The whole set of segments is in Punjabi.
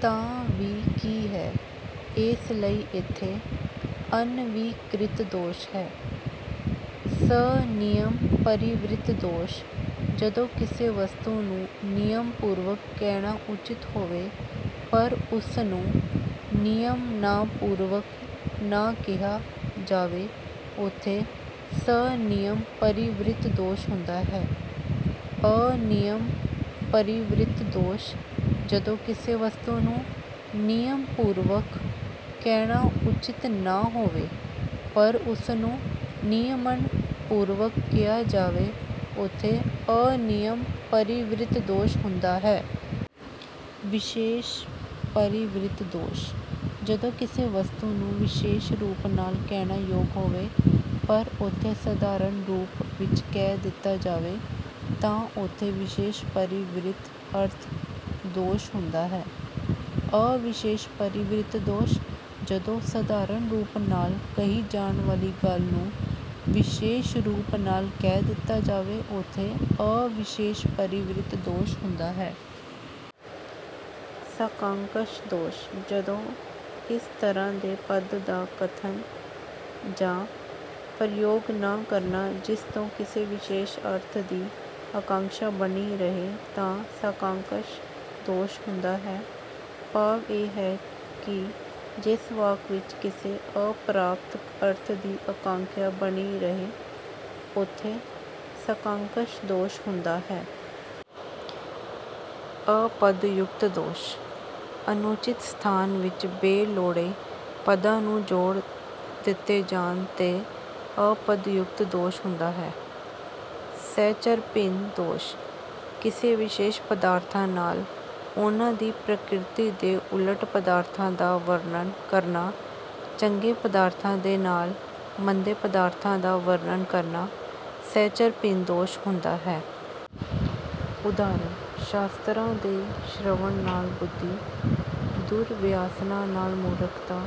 ਤਾਂ ਵੀ ਕੀ ਹੈ? ਇਸ ਲਈ ਇੱਥੇ ਅਨਵੀਕ੍ਰਿਤ ਦੋਸ਼ ਹੈ। ਸਨਿਯਮਪਰਿਵ੍ਰਿਤ ਦੋਸ਼: ਜਦੋਂ ਕਿਸੇ ਵਸਤੂ ਨੂੰ ਨਿਯਮ ਪੂਰਵਕ ਕਹਿਣਾ ਉਚਿੱਤ ਹੋਵੇ ਪਰ ਉਸਨੂੰ ਨਿਯਮਨਾਪੂਰਵਕ ਨਾ ਕਿਹਾ ਜਾਵੇ, ਉਥੇ 'ਸਨਿਯਮਪਰਿਵ੍ਰਿਤ' ਦੋਸ਼ ਹੁੰਦਾ ਹੈ। ਅਨਿਯਮਪਰਿਵ੍ਰਿਤ ਦੋਸ਼: ਜਦੋਂ ਕਿਸੇ ਵਸਤੂ ਨੂੰ ਨਿਯਮ ਪੂਰਵਕ ਕਹਿਣਾ ਉਚਿੱਤ ਨਾ ਹੋਵੇ ਪਰ ਉਸਨੂੰ ਨਿਯਮਨਪੂਰਵਕ ਕਿਹਾ ਜਾਵੇ, ਉਥੇ 'ਅਨਿਯਮਪਰਿਵ੍ਰਿਤ' ਦੋਸ਼ ਹੁੰਦਾ ਹੈ। ਵਿਸ਼ੇਸ਼ਪਰਿਵ੍ਰਿਤ ਦੋਸ਼: ਜਦੋਂ ਕਿਸੇ ਵਸਤੂ ਨੂੰ ਵਿਸ਼ੇਸ਼ ਰੂਪ ਨਾਲ ਕਹਿਣਾ ਯੋਗ ਹੋਵੇ, ਪਰ ਉਥੇ ਸਧਾਰਨ ਰੂਪ ਵਿੱਚ ਕਹਿ ਦਿੱਤਾ ਜਾਵੇ ਤਾਂ ਉਥੇ 'ਵਿਸ਼ੇਸ਼ਪਰਿਵ੍ਰਿਤ' ਅਰਥ ਦੋਸ਼ ਹੁੰਦਾ ਹੈ। ਅਵਿਸ਼ੇਸ਼ਪਰਿਵ੍ਰਿਤ ਦੋਸ਼: ਜਦੋਂ ਸਧਾਰਨ ਰੂਪ ਨਾਲ ਕਹੀ ਜਾਣ ਵਾਲੀ ਗੱਲ ਨੂੰ ਵਿਸ਼ੇਸ਼ ਰੂਪ ਨਾਲ ਕਹਿ ਦਿੱਤਾ ਜਾਵੇ, ਉਥੇ 'ਅਵਿਸ਼ੇਸ਼ਪਰਿਵ੍ਰਿਤ' ਦੋਸ਼ ਹੁੰਦਾ ਹੈ। ਸਾਕਾਂਕਸ਼ ਦੋਸ਼: ਜਦੋਂ ਇਸ ਤਰ੍ਹਾਂ ਦੇ ਪਦ ਦਾ ਕਥਨ ਜਾਂ ਪ੍ਰਯੋਗ ਨਾ ਕਰਨਾ ਜਿਸਤੋਂ ਕਿਸੇ ਵਿਸ਼ੇਸ਼ ਅਰਥ ਦੀ ਅਕਾਂਕਸ਼ਾ ਬਣੀ ਰਹੇ ਤਾਂ 'ਸਾਕਾਂਕਸ਼' ਦੋਸ਼ ਹੁੰਦਾ ਹੈ। ਭਾਵ ਇਹ ਹੈ ਕਿ ਜਿਸ ਵਾਕ ਵਿੱਚ ਕਿਸੇ ਅਪ੍ਰਾਪਤ ਅਰਥ ਦੀ ਅਕਾਂਖਿਆ ਬਣੀ ਰਹੇ, ਉਥੇ 'ਸਾਕਾਂਕਸ਼' ਦੋਸ਼ ਹੁੰਦਾ ਹੈ। ਅਪਦਯੁਕਤ ਦੋਸ਼: ਅਨੁਚਿਤ ਸਥਾਨ ਵਿੱਚ ਬੇਲੋੜੇ ਪਦਾਂ ਨੂੰ ਜੋੜ ਦਿੱਤੇ ਜਾਣ 'ਤੇ 'ਅਪਦਯੁਕਤ' ਦੋਸ਼ ਹੁੰਦਾ ਹੈ। ਸਹਚਰਭਿੰਨ ਦੋਸ਼: ਕਿਸੇ ਵਿਸ਼ੇਸ਼ ਪਦਾਰਥਾਂ ਨਾਲ ਉਨ੍ਹਾਂ ਦੀ ਪ੍ਰਕਿਰਤੀ ਦੇ ਉਲਟ ਪਦਾਰਥਾਂ ਦਾ ਵਰਣਨ ਕਰਨਾ; ਚੰਗੇ ਪਦਾਰਥਾਂ ਦੇ ਨਾਲ ਮੰਦੇ ਪਦਾਰਥਾਂ ਦਾ ਵਰਣਨ ਕਰਨਾ 'ਸਹਚਰਭਿੰਨ' ਦੋਸ਼ ਹੁੰਦਾ ਹੈ। ਉਦਾਹਰਣ- ਸ਼ਾਸਤਰਾਂ ਦੇ ਸ਼੍ਰਵਣ ਨਾਲ ਬੁੱਧੀ, ਦੁਰਵਿਆਸਨਾਂ ਨਾਲ ਮੂਰਖਤਾ,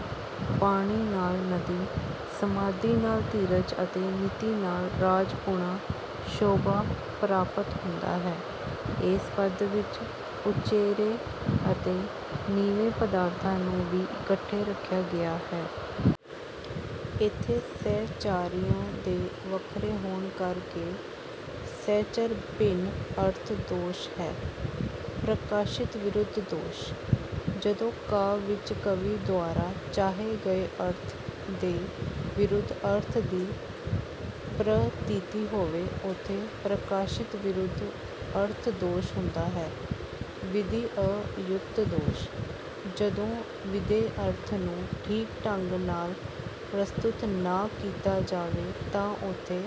ਪਾਣੀ ਨਾਲ ਨਦੀ, ਸਮਾਧੀ ਨਾਲ ਧੀਰਜ ਅਤੇ ਨੀਤੀ ਨਾਲ ਰਾਜਪੁਣਾ ਸ਼ੋਭਾ ਪ੍ਰਾਪਤ ਹੁੰਦਾ ਹੈ। ਇਸ ਪਦ ਵਿੱਚ ਉਚੇਰੇ ਅਤੇ ਨੀਵੇਂ ਪਦਾਰਥਾਂ ਨੂੰ ਵੀ ਇਕੱਠੇ ਰੱਖਿਆ ਗਿਆ ਹੈ। ਇੱਥੇ ਸਹਿਚਾਰੀਆਂ ਦੇ ਵੱਖਰੇ ਹੋਣ ਕਰਕੇ 'ਸਹਚਰਭਿੰਨ' ਅਰਥ ਦੋਸ਼ ਹੈ। ਪ੍ਰਕਾਸ਼ਿਤਵਿਰੁੱਧ ਦੋਸ਼: ਜਦੋਂ ਕਾਵਿ ਵਿੱਚ ਕਵੀ ਦੁਆਰਾ ਚਾਹੇ ਗਏ ਅਰਥ ਦੇ ਵਿਰੁੱਧ ਅਰਥ ਦੀ ਪ੍ਰਤੀਤੀ ਹੋਵੇ ਉਥੇ 'ਪ੍ਰਕਾਸ਼ਿਤਵਿਰੁੱਧ' ਅਰਥ ਦੋਸ਼ ਹੁੰਦਾ ਹੈ। ਵਿਧੀਅਯੁਕਤ ਦੋਸ਼: ਜਦੋਂ ਵਿਧੇਯ ਅਰਥ ਨੂੰ ਠੀਕ ਢੰਗ ਨਾਲ ਪ੍ਰਸਤੁਤ ਨਾ ਕੀਤਾ ਜਾਵੇ, ਤਾਂ ਉਥੇ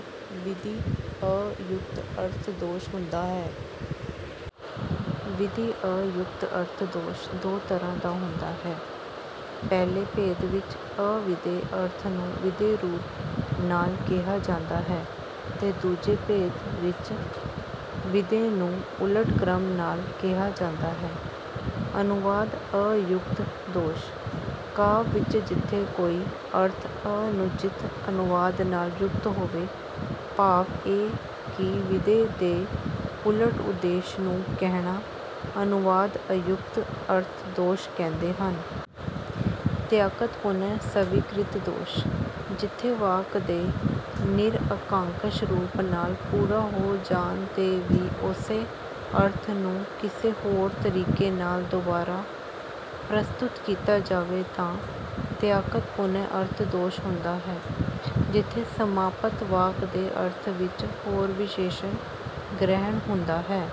'ਵਿਧੀਅਯੁਕਤ' ਅਰਥ ਦੋਸ਼ ਹੁੰਦਾ ਹੈ। ਵਿਧੀਅਯੁਕਤ ਅਰਥ ਦੋਸ਼ ਦੋ ਤਰ੍ਹਾਂ ਦਾ ਹੁੰਦਾ ਹੈ- ਪਹਿਲੇ ਭੇਦ ਵਿੱਚ ਅਵਿਧੇਯ ਅਰਥ ਨੂੰ ਵਿਧੇਯ ਰੂਪ ਨਾਲ ਕਿਹਾ ਜਾਂਦਾ ਹੈ ਤੇ ਦੂਜੇ ਭੇਦ ਵਿੱਚ ਵਿਧੇਯ ਨੂੰ ਉਲਟ ਕ੍ਰਮ ਨਾਲ ਕਿਹਾ ਜਾਂਦਾ ਹੈ। ਅਨੁਵਾਦ-ਅਯੁਕਤ ਦੋਸ਼: ਕਾਵਿ ਵਿੱਚ ਜਿਥੇ ਕੋਈ ਅਰਥ ਅਨੁਚਿਤ ਅਨੁਵਾਦ ਨਾਲ ਯੁਕਤ ਹੋਵੇ, ਭਾਵ ਇਹ ਕਿ ਵਿਧੇਯ ਦੇ ਉਲਟ ਉਦੇਸ਼ ਨੂੰ ਕਹਿਣਾ 'ਅਨੁਵਾਦ-ਅਯੁਕਤ' ਅਰਥ ਦੋਸ਼ ਕਹਿੰਦੇ ਹਨ। ਤਿਆਕਤਪੁਨਹ-ਸਵੀਕ੍ਰਿਤ ਦੋਸ਼: ਜਿਥੇ ਵਾਕ ਦੇ ਨਿਰ-ਅਕਾਂਕਸ਼ ਰੂਪ ਨਾਲ ਪੂਰਾ ਹੋ ਜਾਣ 'ਤੇ ਵੀ ਉਸੇ ਅਰਥ ਨੂੰ ਕਿਸੇ ਹੋਰ ਤਰੀਕੇ ਨਾਲ ਦੁਬਾਰਾ ਪ੍ਰਸਤੁਤ ਕੀਤਾ ਜਾਵੇ ਤਾਂ 'ਤਿਆਕਤਪੁਨਹ' ਅਰਥ ਦੋਸ਼ ਹੁੰਦਾ ਹੈ। ਜਿਥੇ ਸਮਾਪਤ ਵਾਕ ਦੇ ਅਰਥ ਵਿੱਚ ਹੋਰ ਵਿਸ਼ੇਸ਼ਣ ਗ੍ਰਹਿਣ ਹੁੰਦਾ ਹੈ